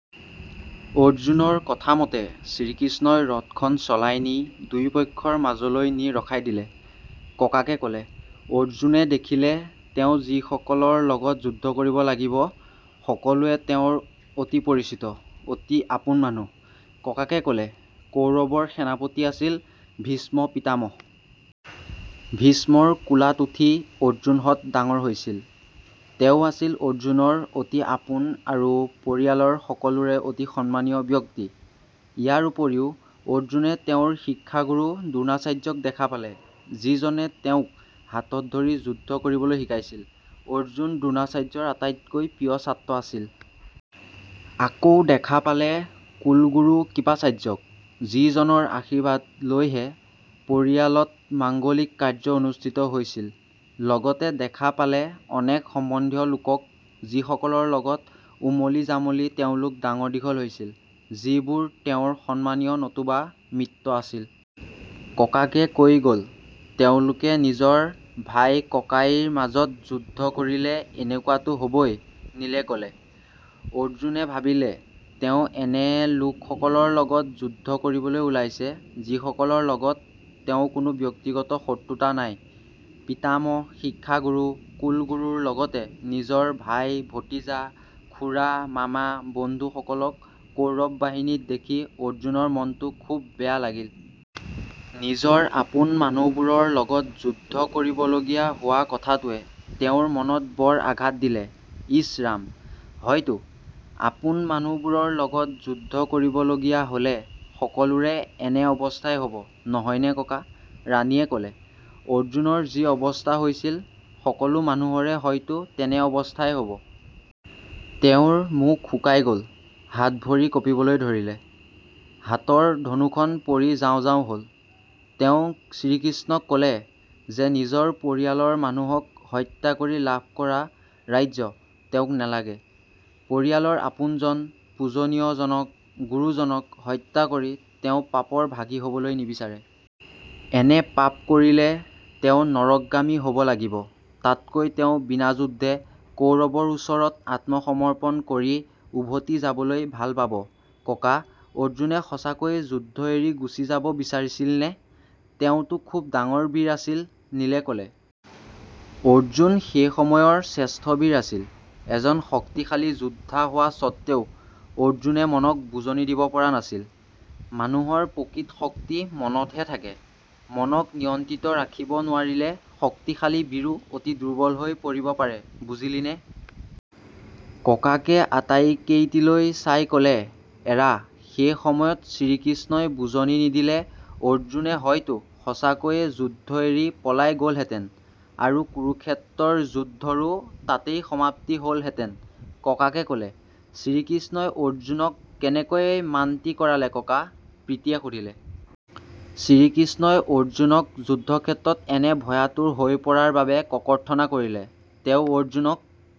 অৰ্জুনৰ কথামতে শ্ৰীকৃষ্ণই ৰথখন চলাই নি দুয়োপক্ষৰ মাজলৈ নি ৰখাই দিলে"। ককাকে ক'লে। "অৰ্জুনে দেখিলে তেওঁ যিসকলৰ লগত যুদ্ধ কৰিব লাগিব, সকলোৱে তেওঁৰ অতি পৰিচিত, অতি আপোন মানুহ"। ককাকে ক'লে। "কৌৰৱৰ সেনাপতি আছিল ভীষ্ম পিতামহ। ভীষ্মৰ কোলাত উঠি অৰ্জুনহঁত ডাঙৰ হৈছিল। তেওঁ আছিল অৰ্জুনৰ অতি আপোন আৰু পৰিয়ালৰ সকলোৰে অতি সন্মানীয় ব্যক্তি। ইয়াৰ উপৰিও অৰ্জুনে তেওঁৰ শিক্ষাগুৰু দ্ৰোণাচাৰ্যক দেখা পালে, যিজনে তেওঁক হাতত ধৰি যুদ্ধ কৰিবলৈ শিকাইছিল। অৰ্জুন দ্ৰোণাচাৰ্যৰ আটাইতকৈ প্ৰিয় ছাত্ৰ আছিল। আকৌ দেখা পালে কুলগুৰু কৃপাচাৰ্যক, যিজনৰ আশীৰ্বাদ লৈহে পৰিয়ালত মাংগলিক কাৰ্য অনুস্থিত হৈছিল। লগতে দেখা পালে অনেক সম্বন্ধীয় লোকক যিসকলৰ লগত ওমলি জামলি তেওঁলোক ডাঙৰ দীঘল হৈছিল, যিবোৰ তেওঁৰ সন্মানীয় নতুবা মিত্ৰ আছিল"। ককাকে কৈ গ'ল। "তেওঁলোকে নিজৰ ভাই ককাইৰ মাজত যুদ্ধ কৰিলে এনেকুৱাতো হ'বই", নীলে ক'লে। "অৰ্জুনে ভাবিলে তেওঁ এনে লোক সকলৰ লগত যুদ্ধ কৰিবলৈ ওলাইছে, যিসকলৰ লগত তেওঁৰ কোনো ব্যক্তিগত শত্ৰুতা নাই। পিতামহ, শিক্ষাগুৰু, কুলগুৰুৰ লগতে নিজৰ ভাই, ভতিজা, খুৰা, মামা, বন্ধু সকলক কৌৰৱ বাহিনীত দেখি অৰ্জুনৰ মনটো খুব বেয়া লাগিল। নিজৰ আপোন মানুহবোৰৰ লগত যুদ্ধ কৰিবলগীয়া হোৱা কথাটোৱে তেওঁৰ মনত বৰ আঘাত দিলে"। "ইছ ৰাম। হয়তো। আপোন মানুহ বোৰৰ লগত যুদ্ধ কৰিব লগীয়া হ'লে সকলোৰে এনে অৱস্থাই হ'ব, নহয়নে ককা"। ৰাণীয়ে ক'লে। "অৰ্জুনৰ যি অৱস্থা হৈছিল, সকলো মানুহৰে হয়তো তেনে অৱস্থাই হ'ব। তেওঁৰ মুখ শুকাই গ'ল, হাত ভৰি কঁপিবলৈ ধৰিলে, হাতৰ ধনুখন পৰি যাওঁ যাওঁ হ'ল। তেওঁ শ্ৰীকৃষ্ণক ক'লে যে নিজৰ পৰিয়ালৰ মানুহক হত্যা কৰি লাভ কৰা ৰাজ্য তেওঁক নালাগে। পৰিয়ালৰ আপোনজন, পূজনীয় জনক, গুৰুজনক হত্যা কৰি তেওঁ পাপৰ ভাগী হ'বলৈ নিবিচাৰে। এনে পাপ কৰিলে তেওঁ নৰকগামী হ'ব লাগিব। তাতকৈ তেওঁ বিনাযুদ্ধে কৌৰৱৰ ওচৰত আত্মসমৰ্পন কৰি উভতি যাবলৈ ভাল পাব"। "ককা, অৰ্জুনে সঁচাকৈয়ে যুদ্ধ এৰি গুচি যাব বিচাৰিছিলনে? তেওঁতো খুব ডাঙৰ বীৰ আছিল"। নীলে ক'লে। "অৰ্জুন সেই সময়ৰ শ্ৰেষ্ঠ বীৰ আছিল। এজন শক্তিশালী যোদ্ধা হোৱা সত্বেও অৰ্জুনে মনক বুজনি দিব পৰা নাছিল। মানুহৰ প্ৰকৃত শক্তি মনতহে থাকে। মনক নিয়ন্ত্ৰণত ৰাখিব নোৱাৰিলে শক্তিশালী বীৰো অতি দুৰ্বল হৈ পৰিব পাৰে, বুজিলিনে"? ককাকে আটাইকেইটিলৈ চাই ক'লে। "এৰা সেই সময়ত শ্ৰীকৃষ্ণই বুজনি নিদিলে অৰ্জুনে হয়তো সঁচাকৈয়ে যুদ্ধ এৰি পলাই গ'লহেঁতেন আৰু কুৰুক্ষেত্ৰৰ যুদ্ধৰো তাতেই সমাপ্তি হ'লহেঁতেন"। ককাকে ক'লে। "শ্ৰীকৃষ্ণই অৰ্জুনক কেনেকৈ মান্তি কৰালে ককা"? প্ৰীতিয়ে সুধিলে। "শ্ৰীকৃষ্ণই অৰ্জুনক যুদ্ধক্ষেত্ৰত এনে ভয়াতুৰ হৈ পৰাৰ বাবে ককৰ্থনা কৰিলে। তেওঁ অৰ্জুনক